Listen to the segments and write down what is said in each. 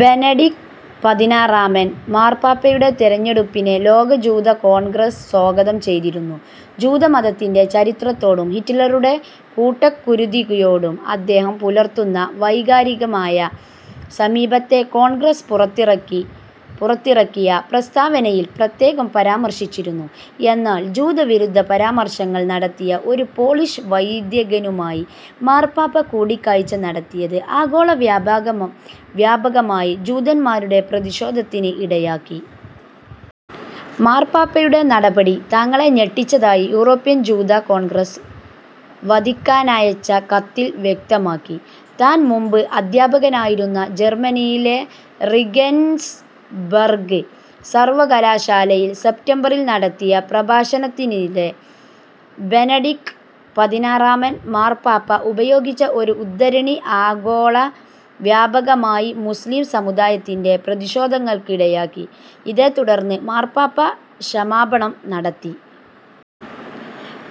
Benedict പതിനാറാമൻ മാർപ്പാപ്പയുടെ തെരഞ്ഞെടുപ്പിനെ ലോക ജൂത കോൺഗ്രസ് സ്വാഗതം ചെയ്തിരുന്നു. ജൂത മതത്തിന്റെ ചരിത്രത്തോടും ഹിറ്റ്ലറുടെ കൂട്ടക്കുരിതിയോടും അദ്ദേഹം പുലർത്തുന്ന വൈകാരികമായ സമീപനത്തെ കോൺഗ്രസ് പുറത്തിറക്കിയ പ്രസ്താവനയിൽ പ്രത്യേകം പരാമർശിച്ചിരുന്നു. എന്നാൽ ജൂത വിരുദ്ധ പരാമർശങ്ങൾ നടത്തിയ ഒരു പോളിഷ് വൈദികനുമായി മാർപ്പാപ്പ കൂടിക്കാഴ്ച്ച നടത്തിയത് ആഗോള വ്യാപകമായി ജൂതൻമാരുടെ പ്രതിഷേധത്തിന് ഇടയാക്കി. മാർപ്പാപ്പയുടെ നടപടി തങ്ങളെ ഞെട്ടിച്ചതായി യൂറോപ്യൻ ജൂത കോൺഗ്രസ് വത്തിക്കാനയച്ച കത്തിൽ വ്യക്തമാക്കി. താൻ മുൻപ് അദ്ധ്യാപകനായിരുന്ന ജർമനിയിലെ റീഗൻസ്ബർഗ് സർവകലാശാലയിൽ സെപ്റ്റംബറിൽ നടത്തിയ പ്രഭാഷണത്തിനിടെ ബെനെഡിക്ട് പതിനാറാമൻ മാർപ്പാപ്പ ഉപയോഗിച്ച ഒരു ഉദ്ധരണി ആഗോള വ്യാപകമായി മുസ്ലിം സമൂദായത്തിന്റെ പ്രതിഷേധങ്ങൾക്ക് ഇടയാക്കി. ഇതേ തുടർന്ന് മാർപ്പാപ്പ ക്ഷമാപണം നടത്തി.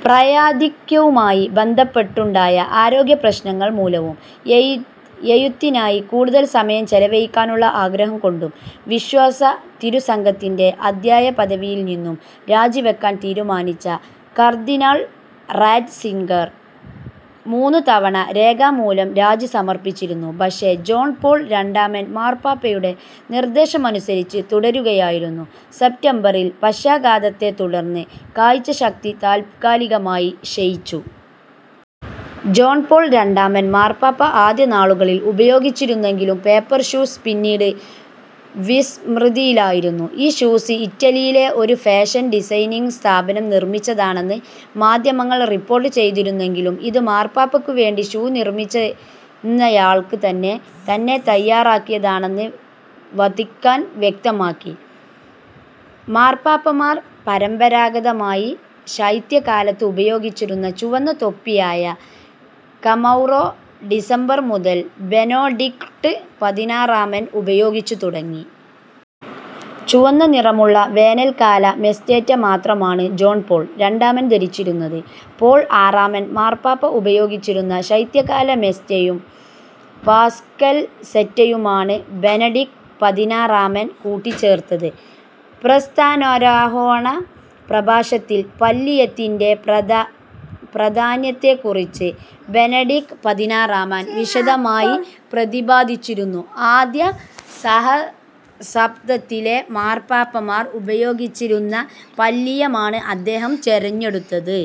പ്രായാധിക്യവുമായി ബന്ധപ്പെട്ടുണ്ടായ ആരോഗ്യ പ്രശ്നങ്ങൾ മൂലവും എഴുത്തിനായി കൂടുതൽ സമയം ചെലവഴിക്കാനുള്ള ആഗ്രഹം കൊണ്ടും വിശ്വാസ തിരുസംഘത്തിൻറെ അധ്യക്ഷ പദവിയിൽനിന്ന് രാജിവെക്കാൻ തീരുമാനിച്ച കർദ്ദിനാൾ റാറ്റ്സിംഗർ മൂന്നു തവണ രേഖാമൂലം രാജി സമർപ്പിച്ചിരുന്നു. പക്ഷെ, ജോൺ പോൾ രണ്ടാമൻ മാർപ്പാപ്പയുടെ നിർദ്ദേശമനുസരിച്ച് തുടരുകയായിരുന്നു. സെപ്റ്റംബറിൽ പക്ഷാഘാതത്തെ തുടർന്ന് കാഴ്ച്ചശക്തി താൽകാലികമായി ക്ഷയിച്ചു. ജോൺ പോൾ രണ്ടാമൻ മാർപ്പാപ്പ ആദ്യ നാളുകളിൽ ഉപയോഗിച്ചിരുന്നെങ്കിലും പേപ്പൽ ഷൂസ് പിന്നീട് വിസ്മൃതിയിലായിരുന്നു. ഈ ഷൂസ് ഇറ്റലിയിലെ ഒരു ഫാഷൻ ഡിസൈനിംഗ് സ്ഥാപനം നിർമിച്ചതാണെന്ന് മാധ്യമങ്ങൾ റിപ്പോർട്ട് ചെയ്തിരുന്നെങ്കിലും ഇത് മാർപ്പാപ്പക്കു വേണ്ടി ഷൂ നിർമ്മിക്കുന്നയാൾതന്നെ തന്നെ തയ്യാറാക്കിയതാണെന്ന് വത്തിക്കാൻ വ്യക്തമാക്കി. മാർപ്പാപ്പമാർ പരമ്പരാഗതമായി ശൈത്യകാലത്ത് ഉപയോഗിച്ചിരുന്ന ചുവന്ന തൊപ്പിയായ കമൗറോ ഡിസംബർ മുതൽ ബെനെഡിക്ട് പതിനാറാമൻ ഉപയോഗിച്ചു തുടങ്ങി. ചുവപ്പു നിറമുള്ള വേനൽകാല മോസെറ്റ മാത്രമാണ് ജോൺ പോൾ രണ്ടാമൻ ധരിച്ചിരുന്നത്. പോൾ ആറാമൻ മാർപ്പാപ്പ ഉപയോഗിച്ചിരുന്ന ശൈത്യകാല മോസ്സെറ്റയും പാസ്കൽാസെറ്റയുമാണ് ബെനഡിക്ട് പതിനാറാമൻ കൂട്ടിച്ചേർത്തത്. സ്ഥാനാരോഹണ പ്രഭാഷണത്തിൽ പാല്ലിയത്തിൻറെ പ്രാധാന്യത്തെക്കുറിച്ച് ബെനെഡിക്ട് പതിനാറാമൻ വിശദമായി പ്രതിപാദിച്ചിരുന്നു. ആദ്യ സഹസ്രാബ്ദത്തിലെ മാർപ്പാപ്പമാർ ഉപയോഗിച്ചിരുന്ന പാല്ലിയമാണ് അദ്ദേഹം തെരഞ്ഞെടുത്തത്.